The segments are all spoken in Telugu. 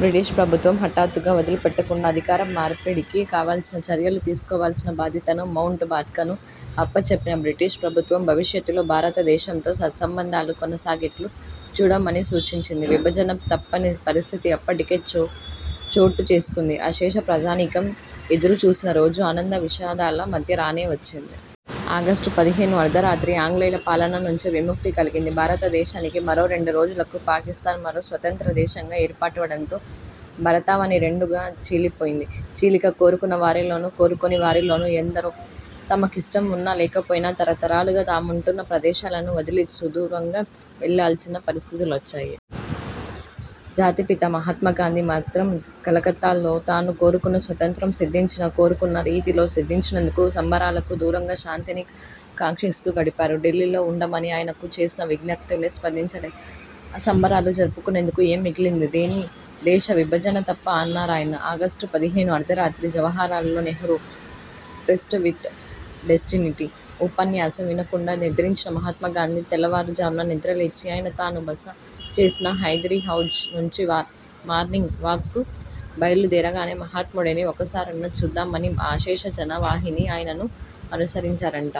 బ్రిటీష్ ప్రభుత్వం. హఠాత్తుగా వదిలిపెట్టకుండా, అధికార మార్పిడికి కావాల్సిన చర్యలు తీసుకోవాల్సిన బాధ్యతను మౌంట్ బాటన్కు అప్పచెప్పిన బ్రిటీష్ ప్రభుత్వం, భవిష్యత్లో భారత దేశంతో సత్సంబంధాలు కొనసాగేట్లు చూడమని సూచించింది. విభజన తప్పని పరిస్థితి అప్పటికే చో చోటు చేసుకుంది. అశేష ప్రజానీకం ఎదురు చూసిన రోజు ఆనంద-విషాదాల మధ్య రానే వచ్చింది. ఆగస్టు పదిహేను అర్థ రాత్రి ఆంగ్లేయుల పాలన నుంచి విముక్తి కలిగింది భారత దేశానికి. మరో రెండు రోజులకు పాకిస్తాన్ మరో స్వతంత్ర దేశంగా ఏర్పాటవడంతో భారతావని రెండుగా చీలిపోయింది. చీలిక కోరుకున్న వారిలోను, కోరుకోని వారిలోను, ఎందరో తమకిష్టం వున్నా-లేకపోయినా, తర-తరాలుగా తాముంటున్న ప్రదేశాలను వదిలి, సుదూరంగా వెళ్లాల్సిన పరిస్థితులొచ్చాయి. జాతి పిత మహాత్మా గాంధీ మాత్రం, కలకత్తాలో తాను కోరుకున్న స్వతంత్రం సిద్ధించినా, కోరుకున్న రీతిలో సిద్ధించనందుకు సంబరాలకు దూరంగా, శాంతిని కాంక్షిస్తూ గడిపారు. ఢిల్లీలో వుండమని ఆయనకు చేసిన విజ్ఞప్తికి స్పందించలేదాయన. సంబరాలు జరుపుకునేందుకు ఏం మిగిలింది? దేశ విభజన తప్ప అన్నారాయన. ఆగస్టు పదిహేను అర్థ రాత్రి Jawaharlal Nehru 'tryst with destiny' ఉపన్యాసం వినకుండా నిద్రించిన మహాత్మా గాంధీ తెల్లవారుజామున నిద్రలేచి, ఆయన తాను బస చేసిన 'హైదరీ హౌజ్' నుంచి మార్నింగ్ వాక్ కు బయలు దేరగానే మహాత్ముడిని ఒక్క సారన్నా చూద్దామని అశేష జన వాహిని ఆయనను అనుసరించారట.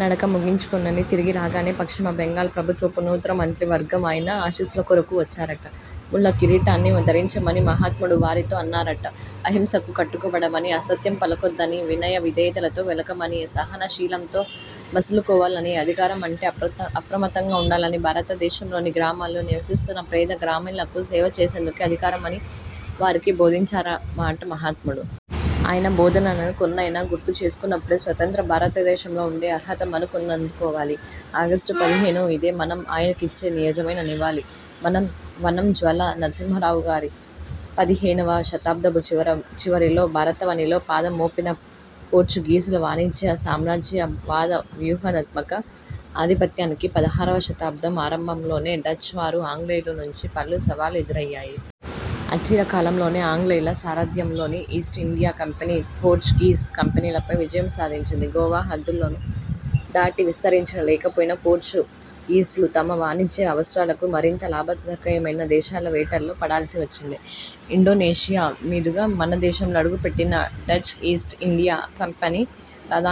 నడక ముగించుకుని తిరిగి రాగానే, పశ్చిమ బెంగాల్ ప్రభుత్వపు నూతన మంత్రివర్గం ఆయన ఆశీస్సులకొరకు వచ్చారట. 'ముళ్ల కిరీటాన్ని' ధరించమని మహాత్ముడు వారితో అన్నారట! అహింసకు కట్టుబడమని, అసత్యం పలకొద్దని, వినయ విధేయతలతో వేలగమని, సహన శీలంతో మసలుకోవాలని, అధికారం అంటే అప్ర అప్రమత్తంగా వుండాలని, భారతదేశంలోని గ్రామాల్లో నివసిస్తున్న పేద గ్రామీణులకు సేవచేసేందుకే అధికారమని వారికి బోధించారట మహాత్ముడు. ఆయన బోధనలను కొన్నైనా గుర్తుంచుకున్నప్పుడే, స్వతంత్ర భారతదేశంలో వుండే అర్హత మనకుందనుకోవాలి. ఆగస్టు పదిహేను ఇదే మనం ఆయనకిచ్చే నిజమైన నివాళి. మనం వనం జ్వాలా నరసింహారావుపదిహేనవ శతాబ్దపు చి చివరలో భారతావనిలో పాదం మోపిన పోర్చుగీసుల వాణిజ్య- సామ్రాజ్య వాద వ్యూహాత్మక ఆధిపత్యానికి పదహారవ శతాబ్దం ఆరంభంలోనే డచ్ వారు, -ఆంగ్లేయుల నుంచి పలు సవాళ్లు ఎదురయ్యాయి. అచిర కాలంలోనే ఆంగ్లేయుల సారథ్యంలోని ఈస్ట్ ఇండియా కంపెనీ, పోర్చుగీస్ కంపెనీలపై విజయం సాధించింది. గోవా హద్దులను దాటి విస్తరించ లేకపోయిన పోర్చుగీసులు తమ వాణిజ్య అవసరాలకు మరింత లాభదాయకమైన దేశాల వేటలో పడాల్సి వచ్చింది. ఇండొనేషియా మీదుగా మనదేశంలో అడుగుపెట్టిన డచ్ ఈస్ట్ ఇండియా కంపెనీ ప్రద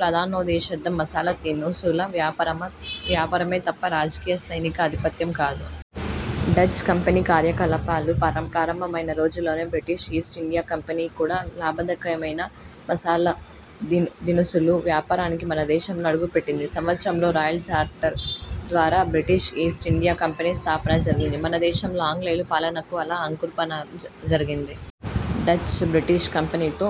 ప్రధానోద్దేశం మసాలా దినుసుల వ్యాపార వ్యాపారమే తప్ప రాజకీయ-సైనిక ఆధిపత్యం కాదు. డచ్ కంపెనీ కార్యకలాపాలు ప్రారంభమైన రోజుల్లోనే, బ్రిటీష్ ఈస్ట్ ఇండియా కంపెనీ కూడా లాభదాయకమైన మసాలా దినుసుల వ్యాపారానికి మన దేశంలో అడుగుపెట్టింది. సంవత్సరంలో, రాయల్ చార్టర్ ద్వారా బ్రిటీష్ ఈస్ట్ ఇండియా కంపెనీ స్థాపన జరిగింది. మన దేశంలో ఆంగ్లేయుల పాలనకు అలా అంకురార్పణ జరిగింది. డచ్, బ్రిటీష్ కంపెనీలతో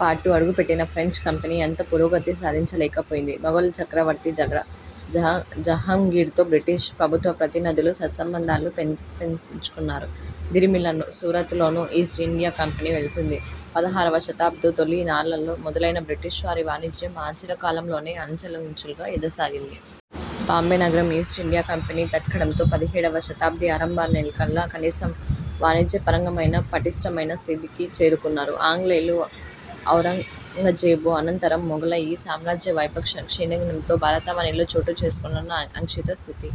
పాటు అడుగుపెట్టిన ఫ్రెంచ్ కంపెనీ అంత పురోగతి సాధించ లేకపోయింది. మొగల్ చక్రవర్తి జాగ్ర జహ్ర జహంగీర్తో బ్రిటీష్ ప్రభుత్వ ప్రతినిధులు సత్సంబంధాలు పెణ్ పెంపొందించుకోసాగారు. దరిమిలా సూరత్ లోనూ ఈస్ట్ ఇండియా కంపెనీ వెలసింది. పదహారవ శతాబ్దపు తొలి నాళ్లలో మొదలైన బ్రిటీష్ వారి వాణిజ్యం అచిర కాలంలోనే అంచెలంచెలుగా ఎదగసాగింది. బాంబే నగరం ఈస్ట్ ఇండియా కంపెనీకి దక్కడంతో, పదిహేడవ శతాబ్ది ఆరంభానికల్లా, కనీసం వాణిజ్యపరంగానైనా పటిష్ఠమైన స్థితికి చేరుకున్నారు ఆంగ్లేయులు. ఔరంగజేబు అనంతరం మొగలాయి సామ్రాజ్య వైభవం క్షీణించడంతో భారతావనిలో చోటుచేసుకున్న అనిశ్చిత స్థితి